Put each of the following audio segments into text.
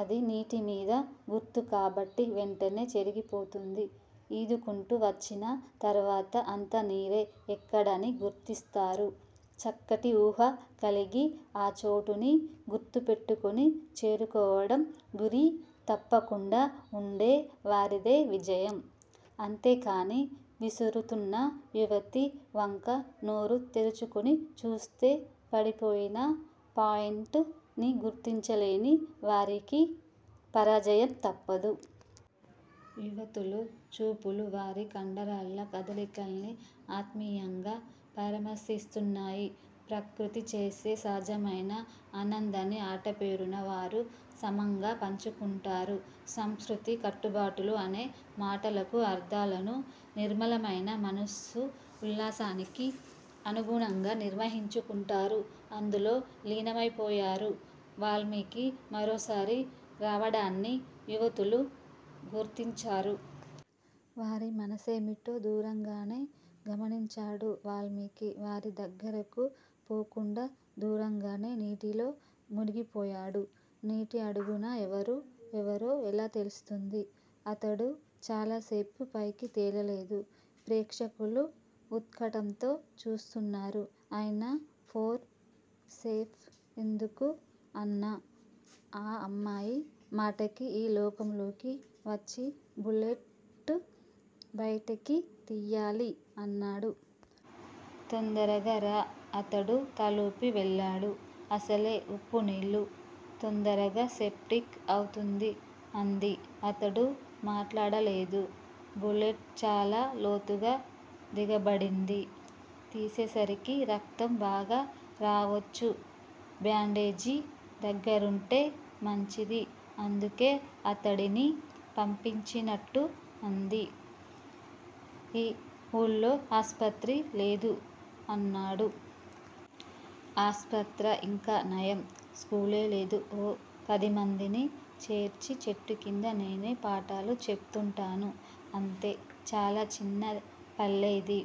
అది నీటి మీద గుర్తు కాబట్టి వెంటనే చెరిగిపోతుంది. ఈదుకుంటూ వచ్చిన తరువాత అంతా నీరే ఎక్కడని గుర్తిస్తారు. చక్కని ఊహ కలిగి ఆ చోటుని గుర్తుపెట్టుకుని చేరుకోవడం గురి తప్పకుండా ఉండే వారిదే విజయం. అంతేకాని విసురుతున్న యువతి వంక నోరు తెరుచుకుని చూస్తే పడిపోయిన పాయింట్ ని గుర్తించలేని వారికి పరాజయం తప్పదు. యువతులు చూపులు వారి కండరాల కదలికల్ని ఆత్మీయంగా పరామర్శిస్తున్నాయి. ప్రకృతి చేసే సహజమైన ఆనందాన్ని ఆట పేరున వారు సమంగా పంచుకుంటారు. సంస్కృతి కట్టుబాటు అనే మాటలకు అర్ధాలను నిర్మలమైన మనసు ఉల్లాసానికి అనుగుణంగా నిర్వహించుకుంటారు. అందులో లీనమయిపోయారు. వాల్మీకి మరోసారి రావడాన్ని యువతులు గుర్తించారు. వారి మనసేమిటో దూరంగానే గమనించాడు వాల్మీకి. వారి దగ్గరకు పోకుండా దూరంగానే నీటిలో మునిగిపోయాడు. నీటి అడుగున ఎవరు ఎవరో ఎలా తెలుస్తుంది. అతడు చాలాసేపు పైకి తేలలేదు. ప్రేక్షకులు ఉత్కఠంతో చూస్తున్నారు. అయినా ఫోర్ సెప్స్ ఎందుకు? అన్న ఆ అమ్మాయి మాటకి ఈ లోకంలోకి వచ్చి, బులెట్ బయటికి తీయాలి అన్నాడు. తొందరగా రా! అతడు తలూపి వెళ్లాడు. అసలే ఉప్పునీళ్ళు! తొందరగా సెప్టిక్ అవుతుంది అంది. అతడు మాట్లాడలేదు. బులెట్ చాలా లోతుగా దిగబడింది. తీసేసరికి రక్తం బాగా రావొచ్చు. బ్యాండేజి దగ్గరుంటే మంచిది అందుకే అతడిని పంపించినట్టు అంది. ఈ వూళ్ళో ఆస్పత్రి లేదు అన్నాడు. ఆస్పత్రా? ఇంకా నయం. స్కూలే లేదు. ఓ పది మందిని చేర్చి చెట్టు క్రింద నేనే పాఠాలు చెప్తూంటాను అంతే. చాలా చిన్న పల్లె ఇది.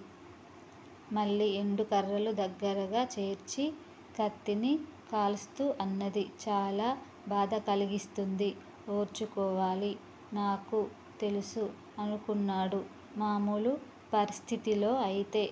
మళ్ళీ ఎండు కర్రలు దగ్గరగా చేర్చి కత్తిని కాలుస్తూ అన్నది చాలా బాధకలిగిస్తుంది, ఓర్చుకోవాలి. నాకు తెలుసు అనుకున్నాడు. మామూలు పరిస్థితుల్లో అయితే